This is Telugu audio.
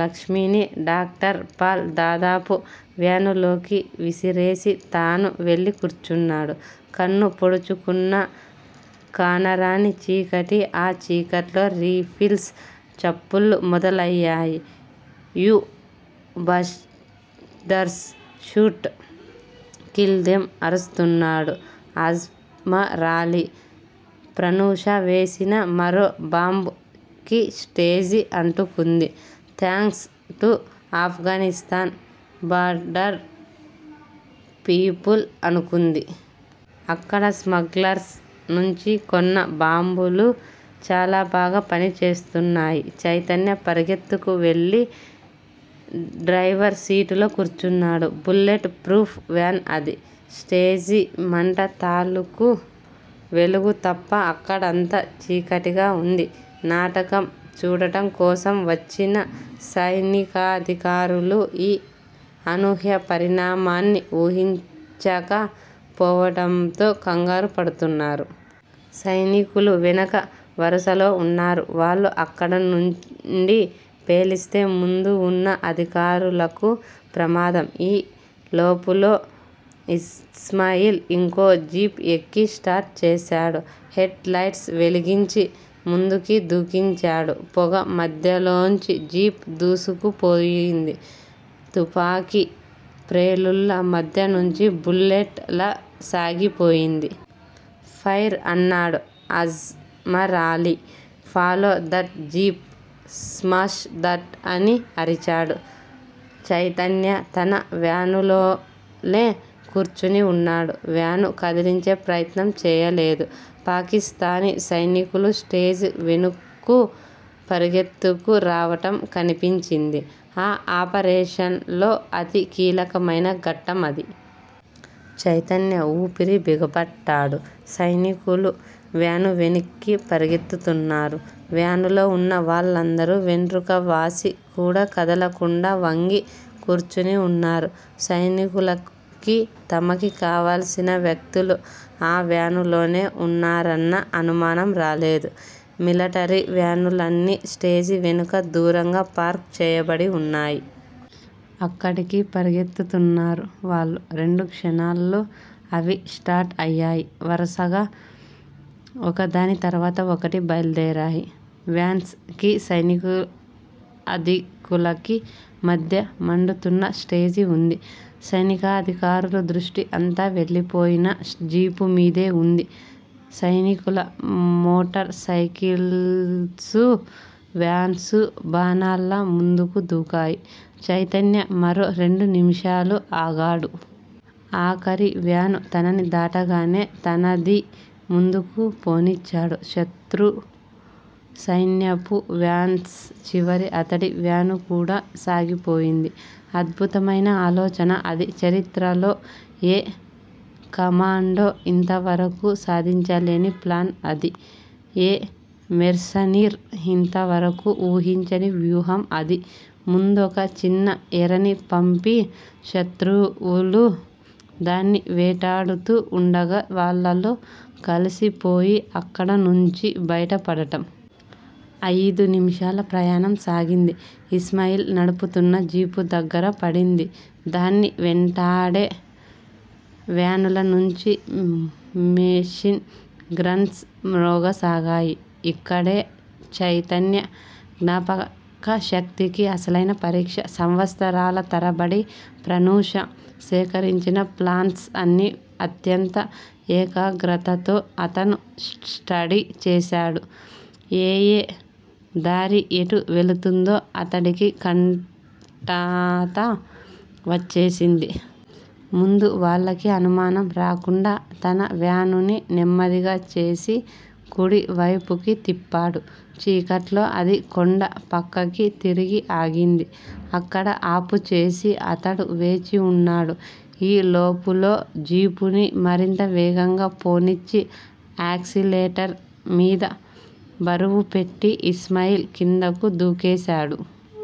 లక్ష్మిని డాక్టర్ పాల్ దాదాపు వ్యానులోకి విసిరేసి తాను వెళ్ళి కూర్చున్నాడు. కన్ను పొడుచుకున్నా కానరాని చీకటి ఆ చీకట్లో రీఫిల్స్ చప్పుళ్ళు మొదలయ్యాయి. You bastards shoot! Kill them అరుస్తున్నాడు అజ్మరాలీ. ప్రనూష వేసిన మరో బాంబ్ కి స్టేజి అంటుకుంది. Thanks to Afghanistan border people అనుకుంది. అక్కడ స్మగ్లర్స్ నుంచి కొన్న బాంబులు చాలా బాగా పనిచేస్తున్నాయి. చైతన్య పరుగెత్తుకువెళ్ళి డ్రైవర్ సీటులో కూర్చున్నాడు. బుల్లెట్ ప్రూఫ్ వ్యాన్ అది. స్టేజీ మంట తాలుకు వెలుగు తప్ప అక్కడంతా చీకటిగా వుంది. నాటకం చూడటం కోసం వచ్చిన సైనికాధికారులు ఈ అనూహ్య పరిణామాన్ని ఊహించకపోవడంతో కంగారుపడుతున్నారు. సైనికులు వెనుక వరుసలో వున్నారు. వాళ్ళు అక్కడినుండి పేలిస్తే ముందువున్న అధికారులకు ప్రమాదం. ఈ లోపులో ఇస్మాయిల్ ఇంకో జీప్ ఎక్కి స్టార్ట్ చేశాడు. హెడ్ లైట్స్ వెలిగించి ముందుకి దూకించాడు. పొగ మధ్యలోంచి జీప్ దూసుకుపోయింది. తుపాకి ప్రేలుళ్ళ మధ్యనుంచి బుల్లెట్ లా సాగిపోయింది. ఫైర్ అన్నాడు Ajmarali follow that jeep smash that అని అరిచాడు. చైతన్య తన వ్యానులోనే కూర్చుని వున్నాడు. వ్యాను కదిలించే ప్రయత్నం చేయలేదు. పాకిస్తానీ సైనికులు స్టేజి వెనక్కు పరుగెత్తుకు రావటం కనిపించింది. ఆ ఆపరేషన్ లో అతి కీలకమైన ఘట్టం అది! చైతన్య ఊపిరి బిగపట్టాడు. సైనికులు వ్యాను వెనక్కి పరుగెత్తుతున్నారు. వ్యానులో వున్న వాళ్ళందరూ వెంట్రుకవాసి కూడా కదలకుండా వంగి కూర్చుని వున్నారు. సైనికులకి తమకి కావల్సిన వ్యక్తులు ఆ వ్యాను లోనే వున్నారన్న అనుమానం రాలేదు. మిలటరీ వ్యానులన్నీ స్టేజి వెనుక దూరంగా పార్క్ చేయబడి వున్నాయి. అక్కడికి పరుగెత్తుతున్నారు వాళ్ళు. రెండు క్షణాల్లో అవి స్టార్ట్ అయ్యాయి. వరుసగా ఒకదాని తరువాత ఒకటి బయల్దేరాయి. వ్యాన్స్ కీ, సైనికాధికులకీ మధ్య మండుతున్న స్టేజివుంది. సైనికాధికారుల దృష్టి అంతా వెళ్ళిపోయిన జీపుమీదే వుంది. సైనికుల మోటార్ సైకిల్సూ, వ్యాన్సూ బాణాల్లా ముందుకు దూకాయి. చైతన్య మరో రెండు నిమిషాలు ఆగాడు. ఆఖరి వ్యాను తనని దాటగానే, తనదీ ముందుకు పోనిచ్చాడు. శత్రు సైన్యపు వ్యాన్స్ చివర అతడి వ్యానుకూడా సాగిపోయింది. అద్భుతమైన ఆలోచన అది. చరిత్రలో ఏ కమాండో ఇంతవరకూ సాధించలేని 'ప్లాన్' అది. ఏ మెర్సనీర్ ఇంతవరకూ వూహించని వ్యూహం అది. ముందొక చిన్న ఎరని పంపి, శత్రువులు దాన్ని వేటాడుతూ వుండగా వాళ్ళలో కలిసిపోయి అక్కడనుంచి బయటపడటం! అయిదు నిమిషాల ప్రయాణం సాగింది. ఇస్మాయిల్ నడుపుతున్న జీపు దగ్గర పడింది. దాన్ని వెంటాడే వ్యానులనుంచి మెషిన్ గ్రన్స్ మ్రోగసాగాయి. ఇక్కడే చైతన్య జ్ఞాపకశక్తికి అసలైన పరీక్ష! సంవత్సరాల తరబడి ప్రనూష సేకరించిన ప్లాన్స్ అన్నీ అత్యంత ఏకాగ్రతతో అతను స్టడీ చేశాడు. ఏయే దారి ఎటు వెళుతుందో అతడికి కంఠతా వచ్చేసింది. ముందు వాళ్ళకి అనుమానం రాకుండా తన వ్యానుని నెమ్మది చేసి, కుడివైపుకి తిప్పాడు. చీకట్లో అది కొండ పక్కకి తిరిగి ఆగింది. అక్కడ ఆపుచేసి అతడు వేచి వున్నాడు. ఈ లోపులో జీపుని మరింత వేగంగా పోనిచ్చి, ఆక్సిలేటర్ మీద బరువుపెట్టి ఇస్మాయిల్ క్రిందకు దూకేశాడు.